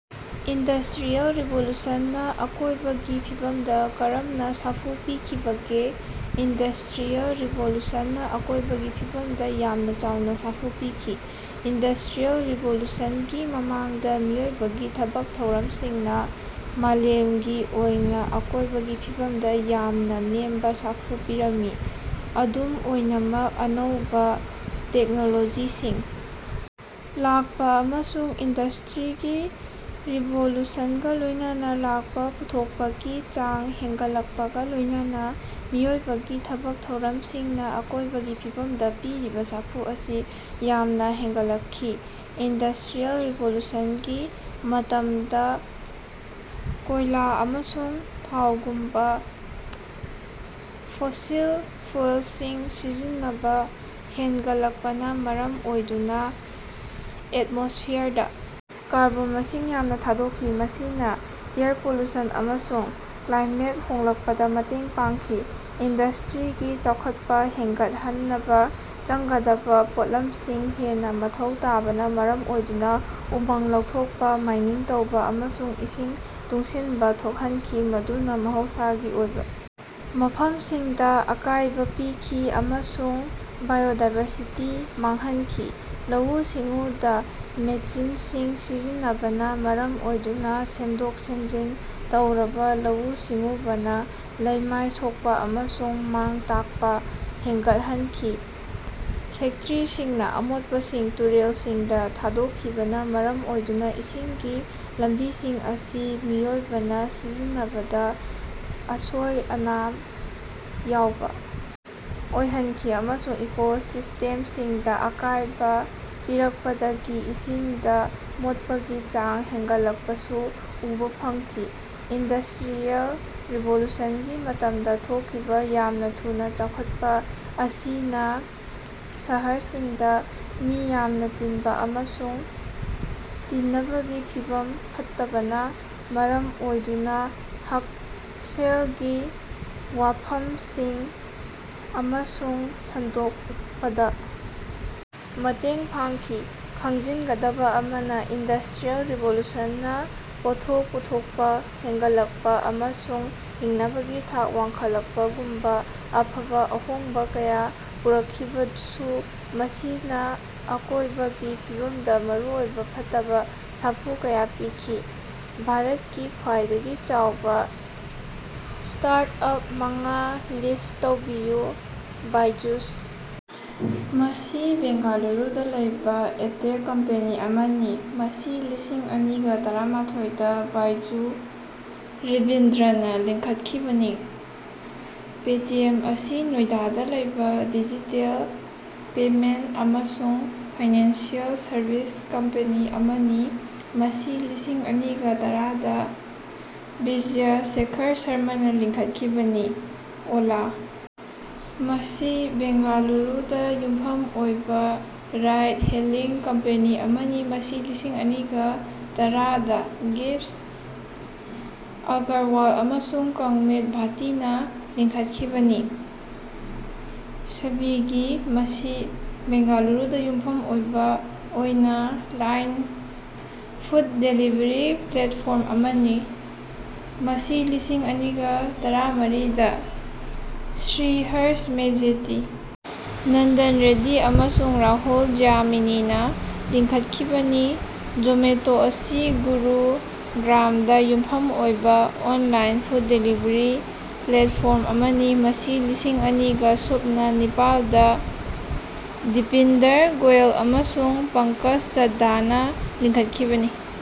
Industrial ꯔꯤꯚꯣꯂꯨꯁꯟꯅ ꯑꯀꯣꯢꯕꯒꯤ ꯐꯤꯕꯝꯗ ꯀꯔꯝꯅ ꯁꯥꯐꯨ ꯄꯤꯈꯤꯕꯒꯦ? ꯏꯟꯗꯁꯇ꯭ꯔꯤꯌꯦꯜ ꯔꯤꯚꯣꯂꯨꯁꯟꯅ ꯑꯀꯣꯢꯕꯒꯤ ꯐꯤꯕꯝꯗ ꯌꯥꯝꯅ ꯆꯥꯎꯅ ꯁꯥꯐꯨ ꯄꯤꯈꯤ꯫ ꯏꯟꯗꯁꯇ꯭ꯔꯤꯌꯦꯜ ꯔꯤꯚꯣꯂꯨꯁꯟꯒꯤ ꯃꯃꯥꯡꯗ ꯃꯤꯑꯣꯏꯕꯒꯤ ꯊꯕꯛ ꯊꯧꯔꯝꯁꯤꯡꯅ ꯃꯥꯂꯦꯝꯒꯤ ꯑꯣꯏꯅ ꯑꯀꯣꯏꯕꯒꯤ ꯐꯤꯕꯝꯗ ꯌꯥꯝꯅ ꯅꯦꯝꯕ ꯁꯥꯐꯨ ꯄꯤꯔꯝꯃꯤ꯫ ꯑꯗꯨꯝ ꯑꯣꯏꯅꯃꯛ ꯑꯅꯧꯕꯥ ꯇꯦꯛꯅꯣꯂꯣꯖꯤꯁꯤꯡ ꯂꯥꯛꯄ ꯑꯃꯁꯨꯡ ꯏꯟꯗꯁꯇ꯭ꯔꯤꯒꯤ ꯔꯤꯚꯣꯂꯨꯁꯟꯒ ꯂꯣꯏꯅꯅ ꯂꯥꯛꯄ ꯄꯨꯊꯣꯛꯄꯒꯤ ꯆꯥꯡ ꯍꯦꯟꯒꯠꯂꯛꯄꯒ ꯂꯣꯏꯅꯅꯥ ꯃꯤꯑꯣꯏꯕꯒꯤ ꯊꯕꯛ ꯊꯧꯔꯝꯁꯤꯡꯅ ꯑꯀꯣꯢꯕꯒꯤ ꯐꯤꯕꯝꯗ ꯄꯤꯔꯤꯕꯥ ꯁꯥꯐꯨ ꯑꯁꯤ ꯌꯥꯝꯅ ꯍꯦꯟꯒꯠꯂꯛꯈꯤ꯫ ꯏꯟꯗꯁꯇ꯭ꯔꯤꯌꯦꯜ ꯔꯤꯚꯣꯂꯨꯁꯟꯒꯤ ꯃꯇꯝꯗꯥ ꯀꯣꯢꯂꯥ ꯑꯃꯁꯨꯡ ꯊꯥꯎꯒꯨꯝꯕ ꯐꯣꯁꯤꯜ ꯐ꯭ꯌꯨꯑꯦꯜꯁꯤꯡ ꯁꯤꯖꯤꯟꯅꯕ ꯍꯦꯅꯒꯠꯂꯛꯄꯅ ꯃꯔꯝ ꯑꯣꯏꯗꯨꯅ ꯑꯦꯠꯃꯣꯁꯐꯤꯌꯔꯗ ꯀꯥꯔꯕꯣꯟ ꯃꯁꯤꯡ ꯌꯥꯝꯅ ꯊꯥꯗꯣꯛꯈꯤ ꯃꯁꯤꯅ ꯑꯦꯌꯔ ꯄꯣꯂꯨꯁꯟ ꯑꯃꯁꯨꯡ ꯀ꯭ꯂꯥꯏꯃꯦꯠ ꯍꯣꯡꯂꯛꯄꯗ ꯃꯇꯦꯡ ꯄꯥꯡꯈꯤ꯫ ꯏꯟꯗꯁꯇ꯭ꯔꯤꯒꯤ ꯆꯥꯎꯈꯠꯄ ꯍꯦꯟꯒꯠꯍꯟꯅꯕ ꯆꯪꯒꯗꯕ ꯄꯣꯠꯂꯝꯁꯤꯡ ꯍꯦꯟꯅ ꯃꯊꯧ ꯇꯥꯕꯅ ꯃꯔꯝ ꯑꯣꯏꯗꯨꯅ ꯎꯃꯪ ꯂꯧꯊꯣꯛꯄ ꯃꯥꯏꯅꯤꯡ ꯇꯧꯕꯥ ꯑꯃꯁꯨꯡ ꯏꯁꯤꯡ ꯇꯨꯡꯁꯤꯟꯕ ꯊꯣꯛꯍꯟꯈꯤ ꯃꯗꯨꯅ ꯃꯍꯧꯁꯥꯒꯤ ꯑꯣꯏꯕ ꯃꯐꯝꯁꯤꯡꯗ ꯑꯀꯥꯏꯕ ꯄꯤꯈꯤ ꯑꯃꯁꯨꯡ ꯕꯥꯏꯑꯣꯗꯥꯏꯕꯔꯁꯤꯇꯤ ꯃꯥꯡꯍꯟꯈꯤ꯫ ꯂꯧꯎ-ꯁꯤꯡꯎꯗ ꯃꯦꯁꯤꯟꯁꯤꯡ ꯁꯤꯖꯤꯟꯅꯕꯅ ꯃꯔꯝ ꯑꯣꯏꯗꯨꯅ ꯁꯦꯝꯗꯣꯛ ꯁꯦꯝꯖꯤꯟ ꯇꯧꯔꯕꯥ ꯂꯧꯎ-ꯁꯤꯡꯎꯕꯅ ꯂꯩꯃꯥꯏ ꯁꯣꯛꯄꯥ ꯑꯃꯁꯨꯡ ꯃꯥꯡ-ꯇꯥꯛꯄ ꯍꯦꯟꯒꯠꯍꯟꯈꯤ꯫ ꯐꯦꯛꯇꯔꯤꯁꯤꯡꯅ ꯑꯃꯣꯠꯄꯁꯤꯡ ꯇꯨꯔꯦꯜꯁꯤꯡꯗ ꯊꯥꯗꯣꯛꯈꯤꯕꯅ ꯃꯔꯝ ꯑꯣꯏꯗꯨꯅ ꯏꯁꯤꯡꯒꯤ ꯂꯝꯕꯤꯁꯤꯡ ꯑꯁꯤ ꯃꯤꯑꯣꯏꯕꯅ ꯁꯤꯖꯤꯟꯅꯕꯗ ꯑꯁꯣꯏ-ꯑꯉꯥꯝ ꯌꯥꯎꯕ ꯑꯣꯏꯍꯟꯈꯤ ꯑꯃꯁꯨꯡ ꯏꯀꯣꯁꯤꯁꯇꯦꯝꯁꯤꯡꯗ ꯑꯀꯥꯢꯕ ꯄꯤꯔꯛꯄꯗꯒꯤ ꯏꯁꯤꯡꯗ ꯃꯣꯠꯄꯒꯤ ꯆꯥꯡ ꯍꯦꯅꯒꯠꯂꯛꯄꯁꯨ ꯎꯕꯥ ꯐꯪꯈꯤ꯫ ꯏꯟꯗꯁꯇ꯭ꯔꯤꯌꯦꯜ ꯔꯤꯚꯣꯂꯨꯁꯟꯒꯤ ꯃꯇꯝꯗ ꯊꯣꯛꯈꯤꯕ ꯌꯥꯝꯅ ꯊꯨꯅꯥ ꯆꯥꯎꯈꯠꯄ ꯑꯁꯤꯅ ꯁꯍꯔꯁꯤꯡꯗ ꯃꯤ ꯌꯥꯝꯅ ꯇꯤꯟꯕ ꯑꯃꯁꯨꯡ ꯍꯤꯡꯅꯕꯒꯤ ꯐꯤꯚꯝ ꯐꯠꯇꯕꯅ ꯃꯔꯝ ꯑꯣꯏꯗꯨꯅ ꯍꯛꯁꯦꯜꯒꯤ ꯋꯥꯐꯝꯁꯤꯡ ꯑꯃꯁꯨꯡ ꯁꯟꯗꯣꯛꯄꯗ ꯃꯇꯦꯡ ꯄꯥꯡꯈꯤ꯫ ꯈꯪꯖꯤꯟꯒꯗꯕ ꯑꯃꯅ ꯏꯟꯗꯁꯇ꯭ꯔꯤꯌꯦꯜ ꯔꯤꯚꯣꯂꯨꯁꯟꯅ ꯄꯣꯠꯊꯣꯛ ꯄꯨꯊꯣꯛꯄ ꯍꯦꯟꯒꯠꯂꯛꯄ ꯑꯃꯁꯨꯡ ꯍꯤꯡꯅꯕꯒꯤ ꯊꯥꯛ ꯋꯥꯡꯈꯠꯂꯛꯄꯒꯨꯝꯕ ꯑꯐꯕ ꯑꯍꯣꯡꯕ ꯀꯌꯥ ꯄꯨꯔꯛꯈꯤꯕꯁꯨ ꯃꯁꯤꯅ ꯑꯀꯣꯏꯕꯒꯤ ꯐꯤꯕꯝꯗ ꯃꯔꯨꯑꯣꯏꯕ ꯐꯠꯇꯕ ꯁꯥꯐꯨ ꯀꯌꯥ ꯄꯤꯈꯤ꯫ ꯚꯥꯔꯇꯀꯤ ꯈ꯭ꯋꯥꯏꯗꯒꯤ ꯆꯥꯎꯕ ꯁ꯭ꯇꯥꯔꯠꯑꯞ ꯃꯉꯥ ꯂꯤꯁ꯭ꯠ ꯇꯧꯕꯤꯌꯨ꯫ ꯕꯥꯏꯖꯨꯁ- ꯃꯁꯤ ꯕꯦꯡꯒꯂꯨꯔꯨꯗ ꯂꯩꯕꯥ ꯑꯦꯗꯇꯦꯛ ꯀꯝꯄꯦꯅꯤ ꯑꯃꯅꯤ ꯃꯁꯤ ꯂꯤꯁꯤꯡ ꯑꯅꯤꯒ ꯇꯔꯥꯃꯊꯣꯏꯗ ꯕꯥꯏꯖꯨ ꯔꯕꯤꯟꯗ꯭ꯔꯅꯥ ꯂꯤꯡꯈꯠꯈꯤꯕꯅꯤ꯫ ꯄꯦꯇꯤꯑꯦꯝ- ꯃꯁꯤ ꯅꯣꯏꯗꯥꯗ ꯂꯩꯕꯥ ꯗꯤꯖꯤꯇꯦꯜ ꯄꯦꯃꯦꯟꯇ ꯑꯃꯁꯨꯡ ꯐꯥꯏꯅꯥꯟꯁꯤꯑꯦꯜ ꯁꯔꯕꯤꯁ ꯀꯝꯄꯦꯅꯤ ꯑꯃꯅꯤ ꯃꯁꯤ ꯂꯤꯁꯤꯡ ꯑꯅꯤꯒ ꯇꯔꯥꯗ ꯕꯤꯖꯌ ꯁꯦꯈꯔ ꯁꯔꯃꯥꯅ ꯂꯤꯡꯈꯠꯈꯤꯕꯅꯤ꯫ ꯑꯣꯂꯥ- ꯃꯁꯤ ꯕꯦꯡꯒꯂꯨꯔꯨꯗꯥ ꯌꯨꯝꯐꯝ ꯑꯣꯏꯕꯥ ꯔꯥꯏꯗ-ꯍꯦꯂꯤꯡ ꯀꯝꯄꯦꯅꯤ ꯑꯃꯅꯤ ꯃꯁꯤ ꯂꯤꯁꯤꯡ ꯑꯅꯤꯒ ꯇꯔꯥꯗ ꯚꯕꯤꯁ ꯑꯒꯔꯋꯥꯜ ꯑꯃꯁꯨꯡ ꯑꯪꯀꯤꯠ ꯚꯥꯇꯤꯅ ꯂꯤꯡꯈꯠꯈꯤꯕꯅꯤ꯫ ꯁ꯭ꯕꯤꯒꯤ- ꯃꯁꯤ ꯕꯦꯡꯒꯂꯨꯔꯨꯗꯥ ꯌꯨꯝꯐꯝ ꯑꯣꯏꯕ ꯑꯣꯅꯂꯥꯏꯟ ꯐꯨꯗ ꯗꯦꯂꯤꯕꯔꯤ ꯄ꯭ꯂꯦꯠꯐꯣꯔꯝ ꯑꯃꯅꯤ ꯃꯁꯤ ꯂꯤꯁꯤꯡ ꯑꯅꯤꯒ ꯇꯔꯥꯃꯔꯤꯗ ꯁ꯭ꯔꯤꯍꯔꯁꯥ ꯃꯦꯖꯦꯇꯤ ꯅꯟꯗꯟ ꯔꯦꯗ꯭ꯗꯤ ꯑꯃꯁꯨꯡ ꯔꯥꯍꯨꯜ ꯖꯌꯃꯤꯅꯤꯅꯥ ꯂꯤꯡꯈꯠꯈꯤꯕꯅꯤ꯫ ꯖꯣꯃꯦꯇꯣ- ꯃꯁꯤ ꯒꯨꯔꯨꯒ꯭ꯔꯥꯝꯗ ꯌꯨꯝꯐꯝ ꯑꯣꯏꯕ ꯑꯣꯟꯂꯥꯏꯟ ꯐꯨꯗ ꯗꯦꯂꯤꯕꯔꯤ ꯄ꯭ꯂꯦꯠꯐꯣꯔꯝ ꯑꯃꯅꯤ ꯃꯁꯤ ꯂꯤꯁꯤꯡ ꯑꯅꯤꯒ ꯁꯨꯞꯅ ꯅꯤꯄꯥꯜꯗ ꯗꯤꯄꯤꯟꯗꯔ ꯒꯣꯌꯜ ꯑꯃꯁꯨꯡ ꯄꯡꯀꯖ ꯆꯗꯗꯥꯅꯥ ꯂꯤꯡꯈꯠꯈꯤꯕꯅꯤ꯫